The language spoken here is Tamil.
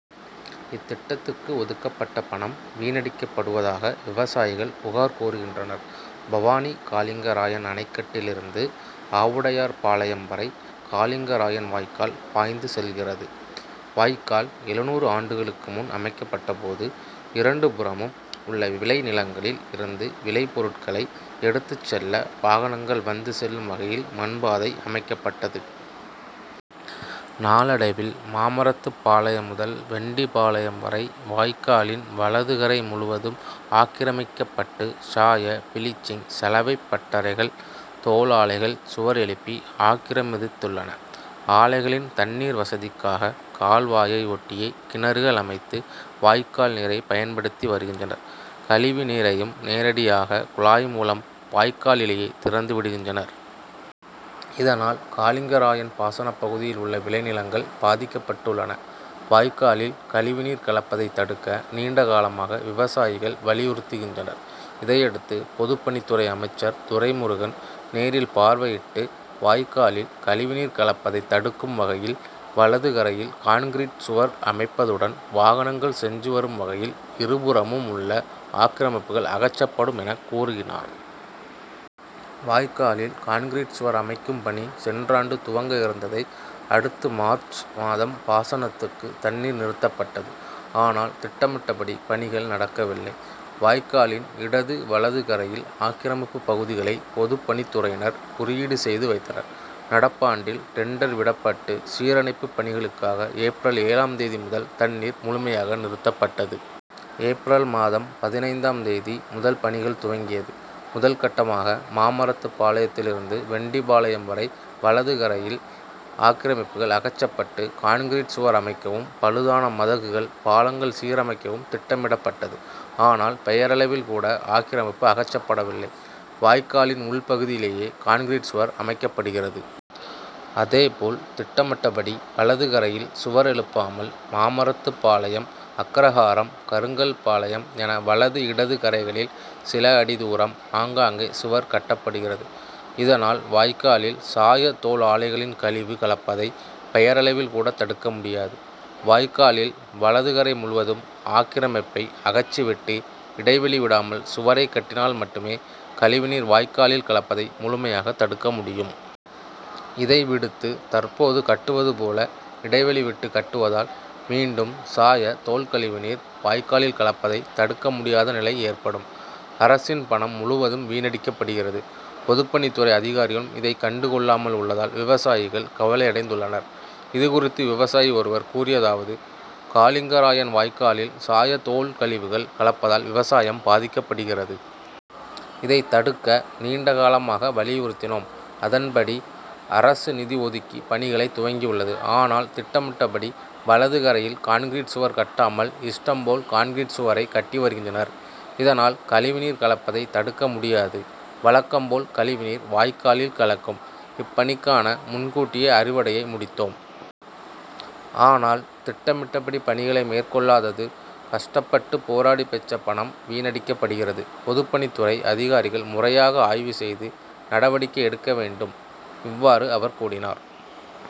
இத்திட்டத்துக்கு ஒதுக்கப்பட்ட பணம் வீணடிக்கப்படுவதாக விவசாயிகள் புகார் கூறுகின்றனர். பவானி காலிங்கராயன் அணைக்கட்டிலிருந்து, ஆவுடையார்பாளையம் வரை காலிங்கராயன் வாய்க்கால் பாய்ந்து செல்கிறது. வாய்க்கால் எழுநூறு ஆண்டுகளுக்கு முன் அமைக்கப்பட்டபோது, இரண்டு புறமும் உள்ள விளை நிலங்களில் இருந்து விளை பொருட்களை எடுத்து செல்ல வாகனங்கள் வந்து செல்லும் வகையில் மண்பாதை அமைக்கப்பட்டது. நாளடைவில், மாமரத்துப்பாளையம் முதல் வெண்டிபாளையம் வரை வாய்க்காலின் வலது கரை முழுவதும் ஆக்கிரமிக்கப்பட்டு, சாய, பிளீச்சிங், சலவைப் பட்டறைகள், தோல் ஆலைகள் சுவர் எழுப்பி ஆக்கிரமித்துள்ளன. ஆலைகளின் தண்ணீர் வசதிக்காக கால்வாயை ஒட்டியே கிணறுகள் அமைத்து வாய்க்கால் நீரை பயன்படுத்தி வருகின்றனர். கழிவு நீரையும் நேடியாக குழாய் மூலம் வாய்க்காலிலேயே திறந்து விடுகின்றனர். இதனால், காலிங்கராயன் பாசனப்பகுதியில் உள்ள விளைநிலங்கள் பாதிக்கப்பட்டுள்ளன. வாய்க்காலில் கழிவுநீர் கலப்பதை தடுக்க நீண்ட காலமாக விவசாயிகள் வலியுறுத்தினர். இதையடுத்து, பொதுப்பணித்துறை அமைச்சர் துரைமுருகன் நேரில் பார்வையிட்டு, வாய்க்காலில் கழிவுநீர் கலப்பதை தடுக்கும் வகையில் வலது கரையில் கான்கிரீட் சுவர் அமைப்பதுடன், வாகனங்கள் சென்று வரும் வகையில் இருபுறமும் உள்ள ஆக்கிரமிப்புகள் அகற்றப்படும்' என கூறினார். வாய்க்காலில் கான்கிரீட் சுவர் அமைக்கும் பணி சென்றாண்டு துவங்க இருந்ததை அடுத்து மார்ச் மாதம் பாசனத்துக்கு தண்ணீர் நிறுத்தப்பட்டது. ஆனால் திட்டமிட்டபடி பணிகள் நடக்கவில்லை. வாய்க்காலின் இடது, வலது கரையில் ஆக்கிரமிப்பு பகுதிகளை பொதுப்பணித்துறையினர் குறியீடு செய்து வைத்தனர். நடப்பாண்டில் டெண்டர் விடப்பட்டு, சீரமைப்பு பணிகளுக்காக ஏப்ரல் ஏழாம் தேதி முதல் தண்ணீர் முழுமையாக நிறுத்தப்பட்டது. ஏப்ரல் மாதம் பதினைந்தாம் தேதி முதல் பணிகள் துவங்கியது. முதல் கட்டமாக மாமரத்துபாளையத்திலிருந்து வெண்டிபாளையம் வரை வலது கரையில் ஆக்கிரமிப்புகள் அகற்றப்பட்டு, கான்கிரீட் சுவர் அமைக்கவும், பழுதான மதகுகள், பாலங்கள் சீரமைக்கவும் திட்டமிடப்பட்டது. ஆனால், பெயரளவில் கூட ஆக்கிரமிப்பு அகற்றப்படவில்லை. வாய்க்காலின் உள்பகுதியிலேயே கான்கிரீட் சுவர் அமைக்கப்படுகிறது. அதேபோல் திட்டமிட்டபடி வலதுகரையில் சுவர் எழுப்பாமல், மாமரத்து பாளையம், அக்ரஹாரம், கருங்கல்பாளையம் என வலது, இடது கரைகளில் சில அடி தூரம் ஆங்காங்கே சுவர் கட்டப்படுகிறது. இதனால், வாய்க்காலில் சாய, தோல் ஆலைகளின் கழிவு கலப்பதை பெயரளவில் கூட தடுக்க முடியாது. வாய்க்காலில் வலது கரை முழுவதும் ஆக்கிரமிப்பை அகற்றிவிட்டு, இடைவெளி விடாமல் சுவரை கட்டினால் மட்டுமே கழிவுநீர் வாய்க்காலில் கலப்பதை முழுமையாக தடுக்க முடியும். இதை விடுத்து தற்போது கட்டுவதுபோல இடைவெளி விட்டு, கட்டுவதால், மீண்டும் சாய, தோல் கழிவுநீர் வாய்க்காலில் கலப்பதை தடுக்க முடியாத நிலை ஏற்படும். அரசின் பணம் முழுவதும் வீணடிக்கப்படுகிறது. பொதுப்பணித்துறை அதிகாரிகளும் இதை கண்டு கொள்ளாமல் உள்ளதால் விவசாயிகள் கவலையடைந்துள்ளனர். இதுகுறித்து விவசாயி ஒருவர் கூறியதாவது: காலிங்கராயன் வாய்க்காலில் சாய, தோல் கழிவுகள் கலப்பதால் விவசாயம் பாதிக்கப்படுகிறது. இதை தடுக்க நீண்ட காலமாக வலியுறுத்தினோம். அதன்படி அரசு நிதி ஒதுக்கி பணிகளை துவங்கியுள்ளது. ஆனால் திட்டமிட்டபடி வலது கரையில் கான்கரீட் சுவர் கட்டாமல், இஷ்டம்போல் கான்கரீட் சுவரை கட்டி வருகின்றனர். இதனால் கழிவுநீர் கலப்பதை தடுக்க முடியாது. வழக்கம்போல் கழிவுநீர் வாய்க்காலில் கலக்கும். இப்பணிக்கான முன்கூட்டியே அறுவடையை முடித்தோம். ஆனால் திட்ட மிட்டபடி பணிகளை மேற்கொள்ளாதது. கஷ்டப்பட்டு போராடி பெற்ற பணம் வீணடிக்கப்படுகிறது. பொதுப்பணித்துறை அதிகாரிகள் முறையாக ஆய்வு செய்து நடவடிக்கை எடுக்க வேண்டும். இவ்வாறு அவர் கூறினார்.